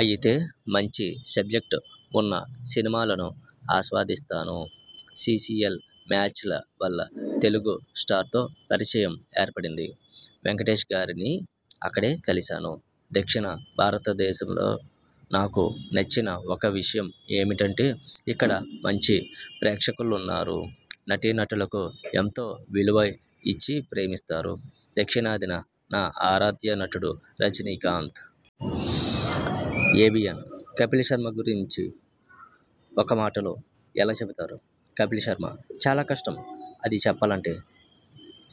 అయితే, మంచి సబ్జెక్ట్ ఉన్న సినిమాలను ఆస్వాదిస్తాను. సీసీఎల్ మ్యాచ్ల వల్ల తెలుగు స్టార్స్తో పరిచయం ఏర్పడింది. వెంకటేశ్గారిని అక్కడే కలిశాను. దక్షిణ భారతదేశంలో నాకు నచ్చిన ఒక విషయం ఏమిటంటే, ఇక్కడ మంచి ప్రేక్షకులున్నారు. నటీనటులకు ఎంతో విలువ ఇచ్చి ప్రేమిస్తారు. దక్షిణాదిన నా ఆరాధ్యనటుడు రజనీకాంత్. ఏబీఎన్: కపిల్ శర్మ గురించి ఒక్క మాటలో ఎలా చెబుతారు? కపిల్ శర్మ: చాలా కష్టం. అది చెప్పాలంటే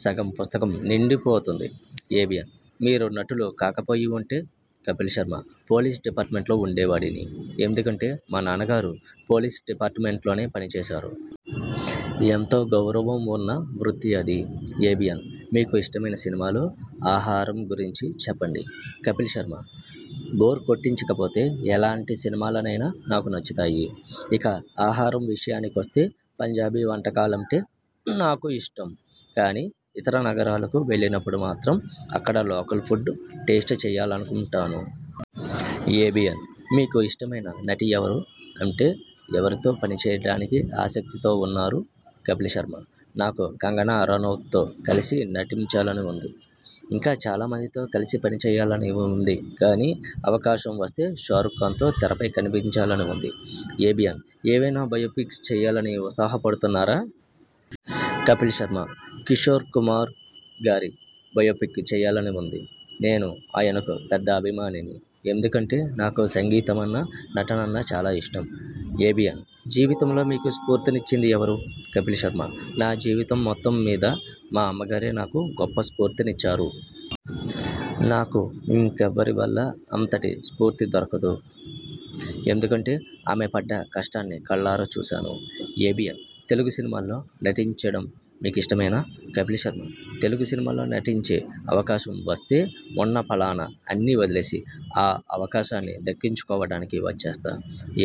సగం పుస్తకం నిండిపోతుంది. ఏబీఎన్: మీరు నటులు కాకపోయి ఉంటే? కపిల్ శర్మ: పోలీస్ డిపార్ట్మెంట్లో ఉంటేవాడిని. ఎందుకంటే, మా నాన్నగారు పోలీస్ డిపార్ట్మెంట్లోనే పనిచేశారు. ఎంతో గౌరవం ఉన్న వృత్తి అది. ఏబీఎన్: మీకు ఇష్టమైన సినిమాలు, ఆహారం గురించి చెప్పండి కపిల్ శర్మ: బోర్ కొట్టించకపోతే ఎలాంటి సినిమాలైనా నాకు నచ్చుతాయి. ఇక ఆహారం విషయానికొస్తే పంజాబీ వంటకాలంటే నాకు ఇష్టం. కానీ, ఇతర నగరాలకు వెళ్ళినప్పుడు మాత్రం అక్కడి లోకల్ ఫుడ్ టేస్ట్ చెయ్యాలనుకుంటాను. ఏబీఎన్: మీకు ఇష్టమైన నటి ఎవరు? అంటే, ఎవరితో పనిచేయడానికి ఆసక్తితో ఉన్నారు? కపిల్ శర్మ: నాకు కంగనా రనౌత్తో కలసి నటించాలని ఉంది. ఇంకా చాలామందితో కలసి పనిచెయ్యాలని ఉందిగానీ, అవకాశం వస్తే షారుఖ్ ఖాన్తో తెరపై కనిపించాలని ఉంది. ఏబీఎన్: ఏవైనా బయోపిక్స్ చేయాలని ఉత్సాహపడుతున్నారా? కపిల్ శర్మ: కిశోర్కుమార్ గారి బయోపిక్ చేయాలని ఉంది. నేను ఆయనకు పెద్ద అభిమానిని. ఎందుకంటే నాకు సంగీతమన్నా, నటనన్నా చాలా ఇష్టం. ఏబీఎన్: జీవితంలో మీకు స్ఫూర్తినిచ్చింది ఎవరు? కపిల్ శర్మ: నా జీవితం మొత్తం మీద మా అమ్మగారే నాకు గొప్ప స్ఫూర్తినిచ్చారు. నాకు ఇంకెవరి వల్లా అంతటి స్ఫూర్తి దొరకదు. ఎందుకంటే ఆమె పడ్డ కష్టాన్ని కళ్ళారా చూశాను. ఏబీఎన్: తెలుగు సినిమాల్లో నటించడం మీకిష్టమేనా? కపిల్ శర్మ: తెలుగు సినిమాల్లో నటించే అవకాశం వస్తే ఉన్నపళాన అన్నీ వదిలేసి ఆ అవకాశాన్ని దక్కించుకోవడానికి వచ్చేస్తా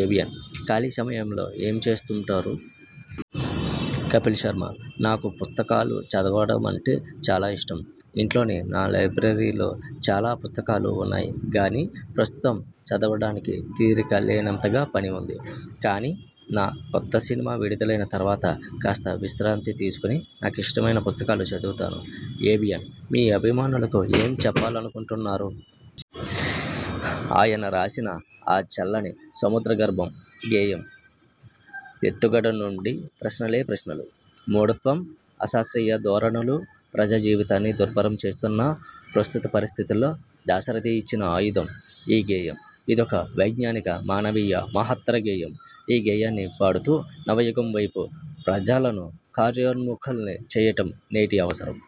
ఏబీఎన్: ఖాళీ సమయంలో ఏం చేస్తుంటారు? కపిల్ శర్మ: నాకు పుస్తకాలు చదవడమంటే చాలా ఇష్టం. ఇంట్లోని నా లైబ్రరీలో చాలా పుస్తకాలు ఉన్నాయి గానీ, ప్రస్తుతం చదవడానికి తీరిక లేనంతగా పని ఉంది. కానీ, నా కొత్త సినిమా విడుదలైన తర్వాత కాస్త విశ్రాంతి తీసుకుని నాకిష్టమైన పుస్తకాలు చదువుతాను. ఏబీఎన్: మీ అభిమానులకు ఏం చెప్పాలనుకుంటున్నారు? ఆయన రాసిన 'ఆ చల్లని సముద్ర గర్భం' గేయం ఎత్తుగడ నుండీ ప్రశ్నలే ప్రశ్నలు! మూఢత్వం, అశాస్ర్తీయ ధోరణులు ప్రజాజీవితాన్ని దుర్భరం చేస్తున్న ప్రస్తుత పరిస్థితుల్లో దాశరథి ఇచ్చిన ఆయుధం ఈ గేయం. ఇదొక వైజ్ఞానిక, మానవీయ, మహత్తర గేయం. ఈ గేయాన్ని పాడుతూ, నవయుగం వైపు ప్రజలను కార్యోన్ముఖుల్ని చేయటం నేటి అవసరం.